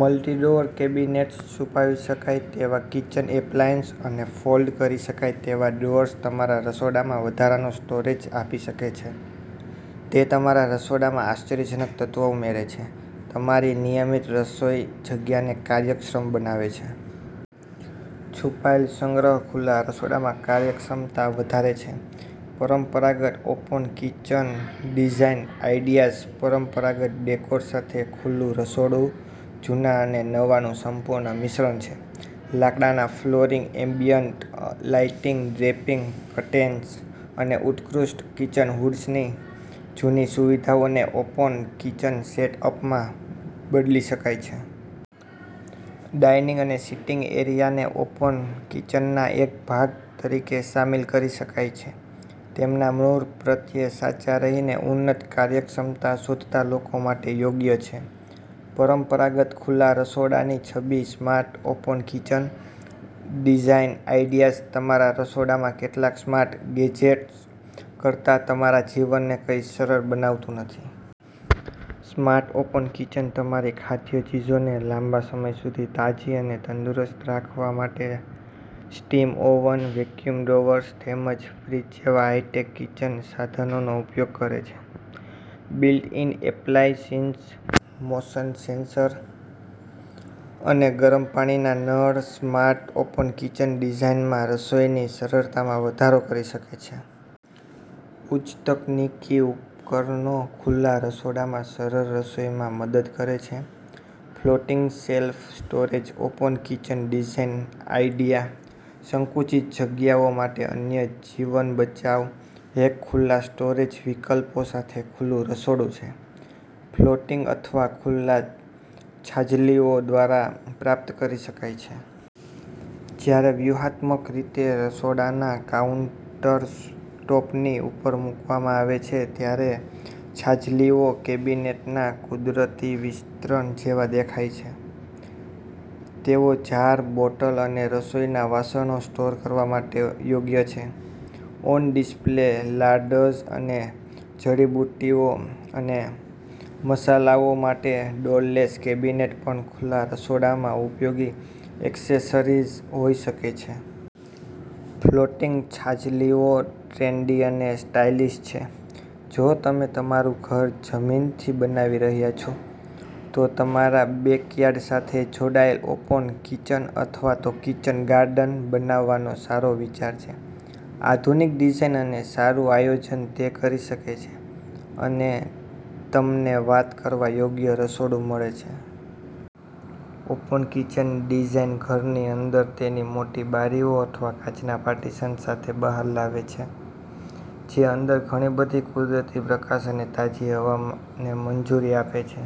Multi-drawer cabinets, છુપાવી શકાય તેવા કિચન એપ્લાયન્સ અને ફોલ્ડ કરી શકાય તેવા ડ્રોઅર્સ તમારા રસોડામાં વધારાનો સ્ટોરેજ આપી શકે છે. તે તમારા રસોડામાં આશ્ચર્યજનક તત્વ ઉમેરે છે. તમારી નિયમિત રસોઈ જગ્યાને કાર્યક્ષમ બનાવે છે. છુપાયેલ સંગ્રહ ખુલ્લા રસોડામાં કાર્યક્ષમતા વધારે છે. પરંપરાગત ઓપન કિચન ડિઝાઇન આઇડિયાઝ પરંપરાગત ડેકોર સાથે ખુલ્લું રસોડું જૂના અને નવાનું સંપૂર્ણ મિશ્રણ છે. લાકડાના flooring, ambient lighting, draping curtains અને ઉત્કૃષ્ટ કિચન હૂડ્સની જૂની સુવિધાઓને ઓપન કિચન સેટ-અપમાં બદલી શકાય છે. ડાઇનિંગ અને સીટિંગ એરિયાને ઓપન કિચનના એક ભાગ તરીકે સામેલ કરી શકાય છે. તેમના મૂળ પ્રત્યે સાચા રહીને ઉન્નત કાર્યક્ષમતા શોધતા લોકો માટે યોગ્ય છે. પરંપરાગત ખુલ્લા રસોડાની છબી smart open kitchen design ideas તમારા રસોડામાં કેટલાક સ્માર્ટ ગેજેટ્સ કરતાં તમારા જીવનને કંઈ સરળ બનાવતું નથી. સ્માર્ટ ઓપન કિચન તમારી ખાદ્ય ચીજોને લાંબા સમય સુધી તાજી અને તંદુરસ્ત રાખવા માટે સ્ટીમ ઓવન, વેક્યુમ ડ્રોઅર્સ તેમજ ફ્રીજ જેવા હાઇ-ટેક કિચન સાધનોનો ઉપયોગ કરે છે. બિલ્ટ-ઇન એપ્લાયન્સિસ, મોશન-સેન્સર અને ગરમ પાણીના નળ સ્માર્ટ ઓપન કિચન ડિઝાઇનમાં રસોઈની સરળતામાં વધારો કરી શકે છે. ઉચ્ચ તકનીકી ઉપકરણો ખુલ્લા રસોડામાં સરળ રસોઈમાં મદદ કરે છે. Floating shelf storage open kitchen design idea સંકુચિત જગ્યાઓ માટે અન્ય જીવન-બચાવ હેક ખુલ્લા સ્ટોરેજ વિકલ્પો સાથે ખુલ્લું રસોડું છે. ફ્લોટિંગ અથવા ખુલ્લા છાજલીઓ દ્વારા પ્રાપ્ત કરી શકાય છે. જ્યારે વ્યૂહાત્મક રીતે રસોડાના કાઉંટરટૉપની ઉપર મૂકવામાં આવે છે, ત્યારે છાજલીઓ કેબિનેટના કુદરતી વિસ્તરણ જેવા દેખાય છે. તેઓ જાર, બોટલ અને રસોઈના વાસણો સ્ટોર કરવા માટે યોગ્ય છે. ઓન-ડિસ્પ્લે લાર્ડર્સ અને જડીબુટ્ટીઓ અને મસાલાઓ માટે ડોર-લેસ કેબિનેટ પણ ખુલ્લા રસોડામાં ઉપયોગી એક્સેસરીઝ હોઈ શકે છે. ફ્લોટિંગ છાજલીઓ ટ્રેન્ડી અને સ્ટાઇલિશ છે. જો તમે તમારું ઘર જમીનથી બનાવી રહ્યા છો, તો તમારા બેકયાર્ડ સાથે જોડાયેલ ઓપન કિચન અથવા તો કિચન ગાર્ડન બનાવવાનો સારો વિચાર છે. આધુનિક ડિઝાઇન અને સારું આયોજન તે કરી શકે છે, અને તમને વાત કરવા યોગ્ય રસોડું મળે છે. ઓપન કિચન ડિઝાઈન ઘરની અંદર તેની મોટી બારીઓ અથવા કાચના પાર્ટીશનો સાથે બહાર લાવે છે જે અંદર ઘણી બધી કુદરતી પ્રકાશ અને તાજી હવાને મંજૂરી આપે છે.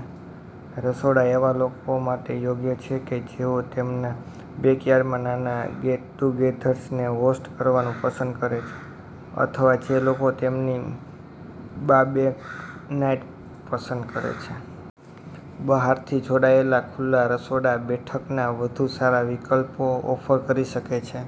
રસોડા એવા લોકો માટે યોગ્ય છે કે જેઓ તેમના બેકયાર્ડમાં નાના ગેટ-ટુગેધર્સને હોસ્ટ કરવાનું પસંદ કરે છે અથવા જે લોકો તેમની બાર્બેક નાઇટ પસંદ કરે છે. બહારથી જોડાયેલા ખુલ્લા રસોડા બેઠકના વધુ સારા વિકલ્પો ઓફર કરી શકે છે.